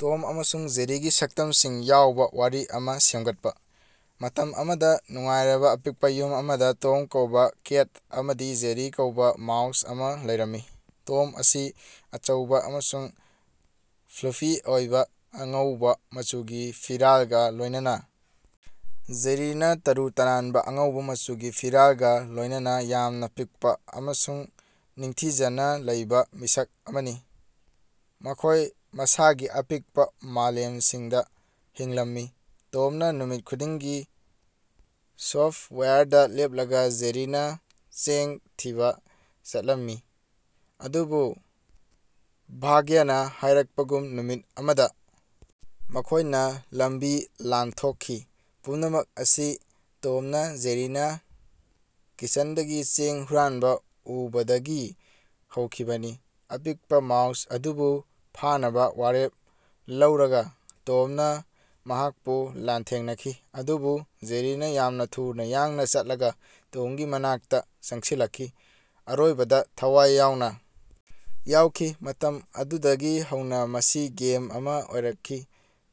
ꯇꯣꯝ ꯑꯃꯁꯨꯡ ꯖꯦꯔꯤꯒꯤ ꯁꯛꯇꯝꯁꯤꯡ ꯌꯥꯎꯕ ꯋꯥꯔꯤ ꯑꯃꯥ ꯁꯦꯝꯒꯠꯄ꯫ ꯃꯇꯝ ꯑꯃꯗꯥ ꯅꯨꯡꯉꯥꯏꯔꯕ ꯑꯄꯤꯛꯄ ꯌꯨꯝ ꯑꯃꯗꯥ ꯇꯣꯝ ꯀꯧꯕꯥ ꯀꯦꯠ ꯑꯃꯗꯤ ꯖꯦꯔꯤ ꯀꯧꯕ ꯃꯥꯎꯁ ꯑꯃꯥ ꯂꯩꯔꯝꯃꯤ꯫ ꯇꯣꯝ ꯑꯁꯤ ꯑꯆꯧꯕ ꯑꯃꯁꯨꯡ ꯐ꯭ꯂꯨꯐꯤ ꯑꯣꯏꯕ ꯑꯉꯧꯕ ꯃꯆꯨꯒꯤ ꯐꯤꯔꯥꯜꯒ ꯂꯣꯏꯅꯅꯥ ꯖꯦꯔꯤꯅꯥ ꯇꯔꯨ ꯇꯥꯟꯅꯕ ꯑꯉꯧꯕ ꯃꯆꯨꯒꯤ ꯐꯤꯔꯥꯜꯒ ꯂꯣꯏꯅꯅꯥ ꯌꯥꯝꯅ ꯄꯤꯛꯄ ꯑꯃꯁꯨꯡ ꯅꯤꯡꯊꯤꯖꯅ ꯂꯩꯕ ꯃꯤꯁꯛ ꯑꯃꯅꯤ꯫ ꯃꯈꯣꯏ ꯃꯁꯥꯒꯤ ꯑꯄꯤꯛꯄꯥ ꯃꯥꯂꯦꯝꯁꯤꯡꯗꯥ ꯍꯤꯡꯂꯝꯃꯤ, ꯇꯣꯝꯅ ꯅꯨꯃꯤꯠ ꯈꯨꯗꯤꯡꯒꯤ ꯁꯣꯐ꯭ꯇꯋꯥꯌꯔꯗꯥ ꯂꯦꯞꯂꯒ ꯖꯦꯔꯤꯅꯥ ꯆꯦꯡ ꯊꯤꯕꯥ ꯆꯠꯂꯝꯃꯤ꯫ ꯑꯗꯨꯕꯨ ꯚꯥꯒ꯭ꯌꯅꯥ ꯍꯥꯏꯔꯛꯄꯒꯨꯝ ꯅꯨꯃꯤꯠ ꯑꯃꯗꯥ ꯃꯈꯣꯏꯅ ꯂꯝꯕꯤ ꯂꯥꯟꯊꯣꯛꯈꯤ꯫ ꯄꯨꯝꯅꯃꯛ ꯑꯁꯤ ꯇꯣꯝꯅ ꯖꯦꯔꯤꯅꯥ ꯀꯤꯆꯟꯗꯒꯤ ꯆꯦꯡ ꯍꯨꯔꯥꯟꯕ ꯎꯕꯗꯒꯤ ꯍꯧꯈꯤꯕꯅꯤ꯫ ꯑꯄꯤꯛꯄ ꯃꯥꯎꯁ ꯑꯗꯨꯕꯨ ꯐꯥꯅꯕꯥ ꯋꯥꯔꯦꯞ ꯂꯧꯔꯒꯥ ꯇꯣꯝꯅ ꯃꯍꯥꯛꯄꯨ ꯂꯥꯟꯊꯦꯡꯅꯈꯤ ꯑꯗꯨꯕꯨ ꯖꯦꯔꯤꯅꯥ ꯌꯥꯝꯅ ꯊꯨꯅ ꯌꯥꯡꯅ ꯆꯠꯂꯒ ꯇꯣꯝꯒꯤ ꯃꯅꯥꯛꯇꯥ ꯆꯪꯁꯤꯜꯂꯛꯈꯤ, ꯑꯔꯣꯏꯕꯗꯥ ꯊꯋꯥꯏ ꯌꯥꯎꯅ ꯌꯥꯎꯈꯤ꯫ ꯃꯇꯝ ꯑꯗꯨꯗꯒꯤ ꯍꯧꯅꯥ ꯃꯁꯤ ꯒꯦꯝ ꯑꯃꯥ ꯑꯣꯏꯔꯛꯈꯤ,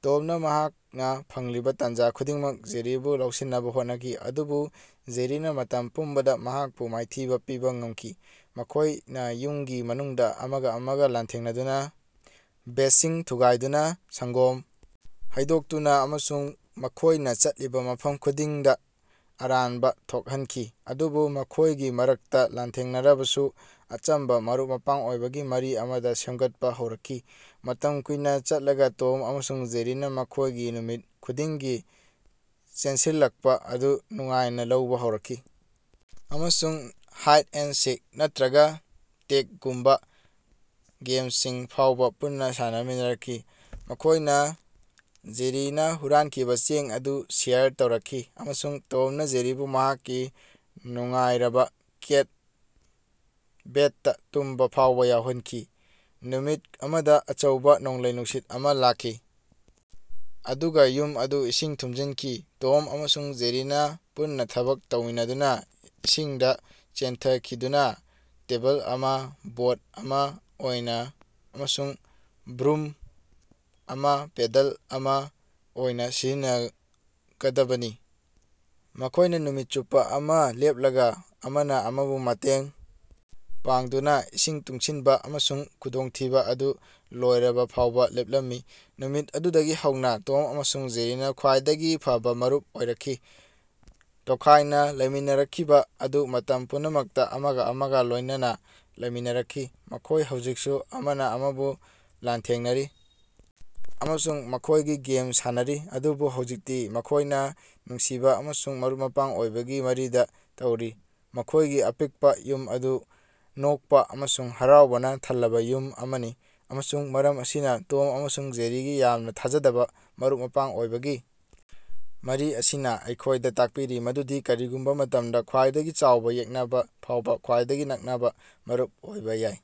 ꯇꯣꯝꯅ ꯃꯍꯥꯛꯅꯥ ꯐꯪꯂꯤꯕꯥ ꯇꯥꯟꯖꯥ ꯈꯨꯗꯤꯡꯗ ꯖꯦꯔꯤꯕꯨ ꯂꯧꯁꯤꯟꯅꯕ ꯍꯣꯠꯅꯈꯤ, ꯑꯗꯨꯕꯨ ꯖꯦꯔꯤꯅꯥ ꯃꯇꯝ ꯄꯨꯝꯕꯗꯥ ꯃꯍꯥꯛꯄꯨ ꯃꯥꯏꯊꯤꯕ ꯄꯤꯕ ꯉꯝꯈꯤ꯫ ꯃꯈꯣꯏꯅ ꯌꯨꯝꯒꯤ ꯃꯅꯨꯡꯗ ꯑꯃꯒꯥ ꯑꯃꯒꯥ ꯂꯥꯟꯊꯦꯡꯅꯗꯨꯅꯥ, ꯚꯦꯖꯁꯤꯡ ꯊꯨꯒꯥꯏꯗꯨꯅꯥ, ꯁꯪ꯭ꯒꯣꯝ ꯍꯩꯗꯣꯛꯇꯨꯅꯥ ꯑꯃꯁꯨꯡ ꯃꯈꯣꯏꯅ ꯆꯠꯂꯤꯕ ꯃꯐꯝ ꯈꯨꯗꯤꯡꯗꯥ ꯑꯔꯥꯟꯕ ꯊꯣꯛꯍꯟꯈꯤ꯫ ꯑꯗꯨꯕꯨ ꯃꯈꯣꯏꯒꯤ ꯃꯔꯛꯇꯥ ꯂꯥꯟꯊꯦꯡꯅꯔꯕꯁꯨ ꯑꯆꯝꯕꯥ ꯃꯔꯨꯞ-ꯃꯄꯥꯡ ꯑꯣꯏꯕꯒꯤ ꯃꯔꯤ ꯑꯃꯥ ꯁꯦꯝꯒꯠꯄ ꯍꯧꯔꯛꯈꯤ꯫ ꯃꯇꯝ ꯀꯨꯏꯅꯥ ꯆꯠꯂꯒꯥ ꯇꯣꯝ ꯑꯃꯁꯨꯡ ꯖꯦꯔꯤꯅꯥ ꯃꯈꯣꯏꯒꯤ ꯅꯨꯃꯤꯠ ꯈꯨꯗꯤꯡꯒꯤ ꯆꯦꯟꯁꯤꯜꯂꯛꯄꯥ ꯑꯗꯨ ꯅꯨꯡꯉꯥꯏꯅꯥ ꯂꯧꯕ ꯍꯧꯔꯛꯈꯤ, ꯑꯃꯁꯨꯡ ꯍꯥꯏꯠ ꯑꯦꯟ ꯁꯤꯛ, ꯅꯠꯇ꯭ꯔꯒ ꯇꯦꯛꯒꯨꯝꯕꯥ ꯒꯦꯝꯁꯤꯡ ꯐꯥꯎꯕ ꯄꯨꯟꯅꯥ ꯁꯥꯟꯅꯃꯤꯟꯅꯔꯛꯈꯤ꯫ ꯃꯈꯣꯏꯅ ꯖꯦꯔꯤꯅꯥ ꯍꯨꯔꯥꯟꯈꯤꯕꯥ ꯆꯦꯡ ꯑꯗꯨ ꯁꯦꯌꯔ ꯇꯧꯔꯛꯈꯤ, ꯑꯃꯁꯨꯡ ꯇꯣꯝꯅ ꯖꯦꯔꯤꯕꯨ ꯃꯍꯥꯛꯀꯤ ꯅꯨꯡꯉꯥꯏꯔꯕꯥ ꯀꯦꯠ ꯕꯦꯗꯇꯥ ꯇꯨꯝꯕ ꯐꯥꯎꯕ ꯌꯥꯍꯟꯈꯤ꯫ ꯅꯨꯃꯤꯠ ꯑꯃꯗꯥ ꯑꯆꯧꯕ ꯅꯣꯡꯂꯩ-ꯅꯨꯡꯁꯤꯠ ꯑꯃꯥ ꯂꯥꯛꯈꯤ, ꯑꯗꯨꯒꯥ ꯌꯨꯝ ꯑꯗꯨ ꯏꯁꯤꯡ ꯊꯨꯝꯖꯤꯟꯈꯤ꯫ ꯇꯣꯝ ꯑꯃꯁꯨꯡ ꯖꯦꯔꯤꯅꯥ ꯄꯨꯟꯅꯥ ꯊꯕꯛ ꯇꯧꯃꯤꯟꯅꯗꯨꯅꯥ ꯏꯁꯤꯡꯗꯥ ꯆꯦꯟꯊꯈꯤꯗꯨꯅꯥ ꯇꯦꯕꯜ ꯑꯃꯥ ꯕꯣꯠ ꯑꯃꯥ ꯑꯣꯏꯅ ꯑꯃꯁꯨꯡ ꯕ꯭ꯔꯨꯝ ꯑꯃꯥ ꯄꯦꯗꯜ ꯑꯃꯥ ꯑꯣꯏꯅ ꯁꯤꯖꯤꯟꯅꯒꯗꯕꯅꯤ꯫ ꯃꯈꯣꯏꯅ ꯅꯨꯃꯤꯠ ꯆꯨꯞꯄꯥ ꯑꯃꯥ ꯂꯦꯞꯂꯒꯥ ꯑꯃꯅꯥ ꯑꯃꯕꯨ ꯃꯇꯦꯡ ꯄꯥꯡꯗꯨꯅꯥ ꯏꯁꯤꯡ ꯇꯨꯡꯁꯤꯟꯕ ꯑꯃꯁꯨꯡ ꯈꯨꯗꯣꯡꯊꯤꯕꯥ ꯑꯗꯨ ꯂꯣꯏꯔꯕꯥ ꯐꯥꯎꯕ ꯂꯦꯞꯂꯝꯃꯤ꯫ ꯅꯨꯃꯤꯠ ꯑꯗꯨꯗꯒꯤ ꯍꯧꯅꯥ ꯇꯣꯝ ꯑꯃꯁꯨꯡ ꯖꯦꯔꯤꯅꯥ ꯈ꯭ꯋꯥꯏꯗꯒꯤ ꯐꯕꯥ ꯃꯔꯨꯞ ꯑꯣꯏꯔꯛꯈꯤ, ꯇꯣꯈꯥꯏꯅꯥ ꯂꯩꯃꯤꯟꯅꯔꯛꯈꯤꯕ ꯑꯗꯨ ꯃꯇꯝ ꯄꯨꯝꯅꯃꯛꯇꯥ ꯑꯃꯒꯥ ꯑꯃꯒꯥ ꯂꯣꯏꯅꯅꯥ ꯂꯩꯃꯤꯟꯅꯔꯛꯈꯤ꯫ ꯃꯈꯣꯏ ꯍꯧꯖꯤꯛꯁꯨ ꯑꯃꯅꯥ ꯑꯃꯕꯨ ꯂꯥꯟꯊꯦꯡꯅꯔꯤ ꯑꯃꯁꯨꯡ ꯃꯈꯣꯏꯒꯤ ꯒꯦꯝ ꯁꯥꯟꯅꯔꯤ, ꯑꯗꯨꯕꯨ ꯍꯧꯖꯤꯛꯇꯤ ꯃꯈꯣꯏꯅꯥ ꯅꯨꯡꯁꯤꯕꯥ ꯑꯃꯁꯨꯡ ꯃꯔꯨꯞ-ꯃꯄꯥꯡ ꯑꯣꯏꯕꯒꯤ ꯃꯔꯤꯗ ꯇꯧꯔꯤ, ꯃꯈꯣꯏꯒꯤ ꯑꯄꯤꯛꯄꯥ ꯌꯨꯝ ꯑꯗꯨ ꯅꯣꯛꯄꯥ ꯑꯃꯁꯨꯡ ꯍꯔꯥꯎꯕꯅ ꯊꯜꯂꯕ ꯌꯨꯝ ꯑꯃꯅꯤ꯫ ꯑꯃꯁꯨꯡ ꯃꯔꯝ ꯑꯁꯤꯅ, ꯇꯣꯝ ꯑꯃꯁꯨꯡ ꯖꯦꯔꯤꯒꯤ ꯌꯥꯝꯅ ꯊꯥꯖꯗꯕꯥ ꯃꯔꯨꯞ-ꯃꯄꯥꯡ ꯑꯣꯏꯕꯒꯤ ꯃꯔꯤ ꯑꯁꯤꯅ ꯑꯩꯈꯣꯏꯗ ꯇꯥꯛꯄꯤꯔꯤ ꯃꯗꯨꯗꯤ ꯀꯔꯤꯒꯨꯝꯕ ꯃꯇꯝꯗꯥ, ꯈ꯭ꯋꯥꯏꯗꯒꯤ ꯆꯥꯎꯕ ꯌꯦꯛꯅꯕ ꯐꯥꯎꯕ, ꯈ꯭ꯋꯥꯏꯗꯒꯤ ꯅꯛꯅꯕꯥ ꯃꯔꯨꯞ ꯑꯣꯏꯕ ꯌꯥꯏ꯫